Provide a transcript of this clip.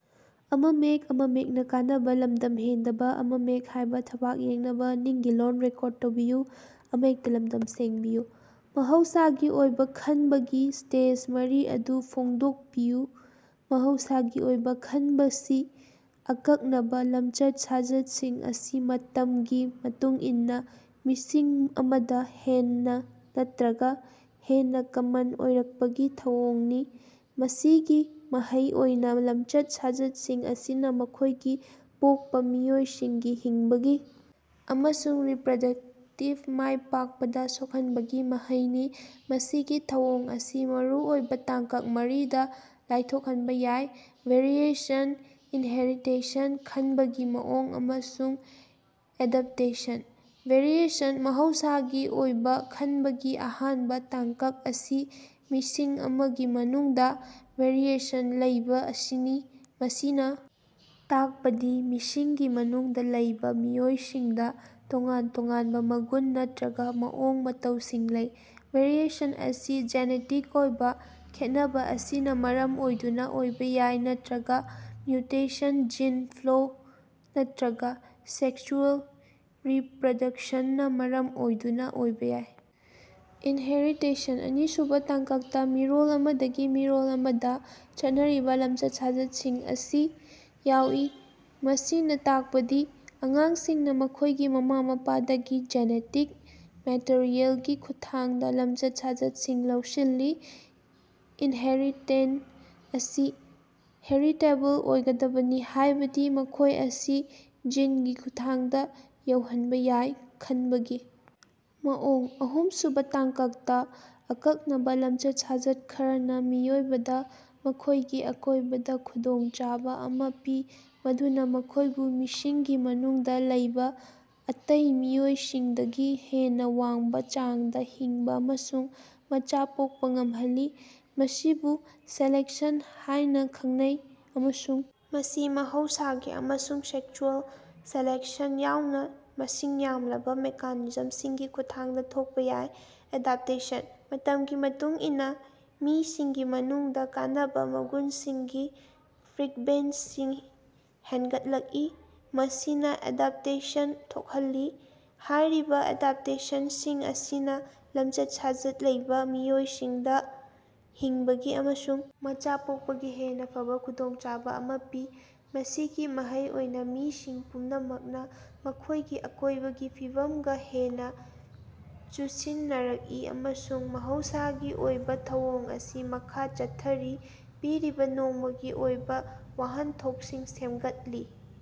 ‎ꯃꯍꯧꯁꯥꯒꯤ ꯑꯣꯏꯕ ꯈꯅꯕꯒꯤ ꯁꯇꯦꯖ ꯃꯔꯤ ꯑꯗꯨ ꯐꯣꯡꯗꯣꯀꯄꯤꯌꯨ꯫ ꯃꯍꯧꯁꯥꯒꯤ ꯑꯣꯏꯕꯥ ꯈꯅꯕꯁꯤ ꯑꯀꯛꯅꯕꯥ ꯂꯃꯆꯠ-ꯁꯥꯖꯠꯁꯤꯡ ꯑꯁꯤ ꯃꯇꯃꯒꯤ ꯃꯇꯨꯡ ꯏꯟꯅꯥ ꯃꯤꯁꯤꯡ ꯑꯃꯗꯥ ꯍꯦꯟꯅꯥ ꯅꯠꯇ꯭ꯔꯒꯥ ꯍꯦꯟꯅꯥ ꯀꯃꯟ ꯑꯣꯏꯔꯀꯄꯒꯤ ꯊꯧꯑꯣꯡꯅꯤ, ꯃꯁꯤꯒꯤ ꯃꯍꯩ ꯑꯣꯏꯅꯥ ꯂꯃꯆꯠ-ꯁꯥꯖꯠꯁꯤꯡ ꯑꯁꯤꯅꯥ ꯃꯈꯣꯏꯒꯤ ꯄꯣꯛꯄꯥ ꯃꯤꯑꯣꯏꯁꯤꯡꯒꯤ ꯍꯤꯡꯕꯒꯤ ꯑꯃꯁꯨꯡ ꯔꯤꯄ꯭ꯔꯗꯛꯇꯤꯚ ꯃꯥꯏꯄꯥꯛꯄꯗ ꯁꯣꯛꯍꯟꯕꯒꯤ ꯃꯍꯩꯅꯤ꯫ ꯃꯁꯤꯒꯤ ꯊꯧꯑꯣꯡ ꯑꯁꯤ ꯃꯔꯨꯑꯣꯏꯕꯥ ꯇꯥꯡꯀꯛ ꯃꯔꯤꯗꯥ ꯂꯥꯏꯊꯣꯛꯍꯟꯕꯥ ꯌꯥꯏ: ꯚꯦꯔꯤꯑꯦꯁꯟ, ꯏꯟꯍꯦꯔꯤꯇꯦꯁꯟ, ꯈꯟꯕꯒꯤ ꯃꯑꯣꯡ ꯑꯃꯁꯨꯡ ꯑꯦꯗꯞꯇꯦꯁꯟ꯫ ꯚꯦꯔꯤꯑꯦꯁꯟ: ꯃꯍꯧꯁꯥꯒꯤ ꯑꯣꯏꯕꯥ ꯈꯅꯕꯒꯤ ꯑꯍꯥꯟꯕꯥ ꯇꯥꯡꯀꯛ ꯑꯁꯤ ꯃꯤꯁꯤꯡ ꯑꯃꯒꯤ ꯃꯅꯨꯡꯗꯥ ꯚꯦꯔꯤꯑꯦꯁꯟ ꯂꯩꯕꯥ ꯑꯁꯤꯅꯤ꯫ ꯃꯁꯤꯅꯥ ꯇꯥꯛꯄꯗꯤ ꯃꯤꯁꯤꯡꯒꯤ ꯃꯅꯨꯡꯗꯥ ꯂꯩꯕꯥ ꯃꯤꯑꯣꯏꯁꯤꯡꯗꯥ ꯇꯣꯉꯥꯟ-ꯇꯣꯉꯥꯟꯕꯥ ꯃꯒꯨꯟ ꯅꯠꯇ꯭ꯔꯒꯥ ꯃꯑꯣꯡ - ꯃꯇꯧꯁꯤꯡ ꯂꯩ꯫ ꯚꯦꯔꯤꯑꯦꯁꯟ ꯑꯁꯤ ꯖꯦꯅꯦꯇꯤꯛ ꯑꯣꯏꯕꯥ ꯈꯦꯠꯅꯕꯥ ꯑꯁꯤꯅꯥ ꯃꯔꯝ ꯑꯣꯏꯗꯨꯅꯥ ꯑꯣꯏꯕꯥ ꯌꯥꯏ ꯅꯠꯇ꯭ꯔꯒꯥ ꯃ꯭ꯌꯨꯇꯦꯁꯟ ꯖꯤꯟ ꯐ꯭ꯂꯣ ꯅꯠꯇ꯭ꯔꯒꯥ ꯁꯦꯛꯁꯨꯑꯦꯜ ꯔꯤꯄ꯭ꯔꯗꯛꯁꯟꯅꯥ ꯃꯔꯝ ꯑꯣꯏꯗꯨꯅꯥ ꯑꯣꯏꯕꯥ ꯌꯥꯏ꯫ ꯏꯟꯍꯦꯔꯤꯇꯦꯁꯟ: ꯑꯅꯤꯁꯨꯕꯥ ꯇꯥꯡꯀꯛꯇꯥ ꯃꯤꯔꯣꯜ ꯑꯃꯗꯒꯤ ꯃꯤꯔꯣꯜ ꯑꯃꯗꯥ ꯆꯠꯅꯔꯤꯕꯥ ꯂꯝꯆꯠ-ꯁꯥꯖꯠꯁꯤꯡ ꯑꯁꯤ ꯌꯥꯎꯏ꯫ ꯃꯁꯤꯅꯥ ꯇꯥꯛꯄꯗꯤ ꯑꯉꯥꯡꯁꯤꯡꯅꯥ ꯃꯈꯣꯏꯒꯤ ꯃꯃꯥ-ꯃꯄꯥꯗꯒꯤ ꯖꯦꯅꯦꯇꯤꯛ ꯃꯦꯇꯔꯤꯑꯦꯜꯒꯤ ꯈꯨꯠꯊꯥꯡꯗꯥ ꯂꯝꯆꯠ-ꯁꯥꯖꯠꯁꯤꯡ ꯂꯧꯁꯤꯜꯂꯤ꯫ ꯏꯅꯍꯦꯔꯤꯇꯦꯟ ꯑꯁꯤ ꯍꯦꯔꯤꯇꯦꯕꯜ ꯑꯣꯏꯒꯗꯕꯅꯤ ꯍꯥꯏꯕꯗꯤ ꯃꯈꯣꯏ ꯑꯁꯤ ꯖꯤꯟꯒꯤ ꯈꯨꯠꯊꯥꯡꯗꯥ ꯌꯧꯍꯟꯕꯥ ꯌꯥꯏ꯫ ꯈꯟꯕꯒꯤ ‎ ꯃꯑꯣꯡ: ꯑꯍꯨꯝꯁꯨꯕꯥ ꯇꯥꯡꯀꯛꯇꯥ ꯑꯀꯛꯅꯕꯥ ꯂꯃꯆꯠ-ꯁꯥꯖꯠ ꯈꯔꯅꯥ ꯃꯤꯑꯣꯏꯕꯗꯥ ꯃꯈꯣꯏꯒꯤ ꯑꯀꯣꯏꯕꯗꯥ ꯈꯨꯗꯣꯡꯆꯥꯕꯥ ꯑꯃꯥ ꯄꯤ, ꯃꯗꯨꯅꯥ ꯃꯈꯣꯏꯕꯨ ꯃꯤꯁꯤꯡꯒꯤ ꯃꯅꯨꯡꯗꯥ ꯂꯩꯕꯥ ꯑꯇꯩ ꯃꯤꯑꯣꯏꯁꯤꯡꯗꯒꯤ ꯍꯦꯟꯅꯥ ꯋꯥꯡꯕꯥ ꯆꯥꯡꯗꯥ ꯍꯤꯡꯕꯥ ꯑꯃꯁꯨꯡ ꯃꯆꯥ ꯄꯣꯛꯄꯥ ꯉꯝꯍꯜꯂꯤ꯫ ꯃꯁꯤꯕꯨ ꯁꯦꯂꯦꯛꯁꯟ ꯍꯥꯌꯅꯥ ꯈꯪꯅꯩ, ꯑꯃꯁꯨꯡ ꯃꯁꯤ ꯃꯍꯧꯁꯥꯒꯤ ꯑꯃꯁꯨꯡ ꯁꯦꯛꯆ꯭ꯋꯦꯜ ꯁꯦꯂꯦꯛꯁꯟ ꯌꯥꯎꯅꯥ ꯃꯁꯤꯡ ꯌꯥꯝꯂꯕꯥ ꯃꯦꯀꯥꯅꯤꯖꯝꯁꯤꯡꯒꯤ ꯈꯨꯠꯊꯥꯡꯗꯥ ꯊꯣꯛꯄꯥ ꯌꯥꯏ꯫ ꯑꯦꯗꯥꯞꯇꯦꯁꯟ: ꯃꯇꯝꯒꯤ ꯃꯇꯨꯡ ꯏꯟꯅꯥ, ꯃꯤꯁꯤꯡꯒꯤ ꯃꯅꯨꯡꯗꯥ ꯀꯥꯟꯅꯕꯥ ꯃꯒꯨꯟꯁꯤꯡꯒꯤ ꯐ꯭ꯔꯤꯛꯕꯦꯟꯁꯤ ꯍꯦꯟꯒꯠꯂꯛꯏ ꯃꯁꯤꯅꯥ ꯑꯦꯗꯞꯇꯦꯁꯟ ꯊꯣꯛꯍꯜꯂꯤ꯫ ꯍꯥꯏꯔꯤꯕꯥ ꯑꯦꯗꯞꯇꯦꯁꯟꯁꯤꯡ ꯑꯁꯤꯅꯥ ꯂꯃꯆꯠ-ꯁꯥꯖꯠ ꯂꯩꯕꯥ ꯃꯤꯑꯣꯏꯁꯤꯡꯗꯥ ꯍꯤꯡꯕꯒꯤ ꯑꯃꯁꯨꯡ ꯃꯆꯥ ꯄꯣꯛꯄꯒꯤ ꯍꯦꯟꯅꯥ ꯐꯕꯥ ꯈꯨꯗꯣꯡꯆꯥꯕꯥ ꯑꯃꯥ ꯄꯤ꯫ ꯃꯁꯤꯒꯤ ꯃꯍꯩ ꯑꯣꯏꯅꯥ ꯃꯤꯁꯤꯡ ꯄꯨꯝꯅꯃꯛꯅꯥ ꯃꯈꯣꯏꯒꯤ ꯑꯀꯣꯏꯕꯒꯤ ꯐꯤꯕꯃꯒꯥ ꯍꯦꯟꯅꯥ ꯆꯨꯁꯤꯟꯅꯔꯛꯏ ꯑꯃꯁꯨꯡ ꯃꯍꯧꯁꯥꯒꯤ ꯑꯣꯏꯕꯥ ꯊꯧꯑꯣꯡ ꯑꯁꯤ ꯃꯈꯥ ꯆꯠꯊꯔꯤ꯫ ꯄꯤꯔꯤꯕꯥ ꯅꯣꯡꯃꯒꯤ ꯑꯣꯏꯕꯥ ꯋꯥꯍꯟꯊꯣꯛꯁꯤꯡ ꯁꯦꯝꯒꯠꯂꯤ꯫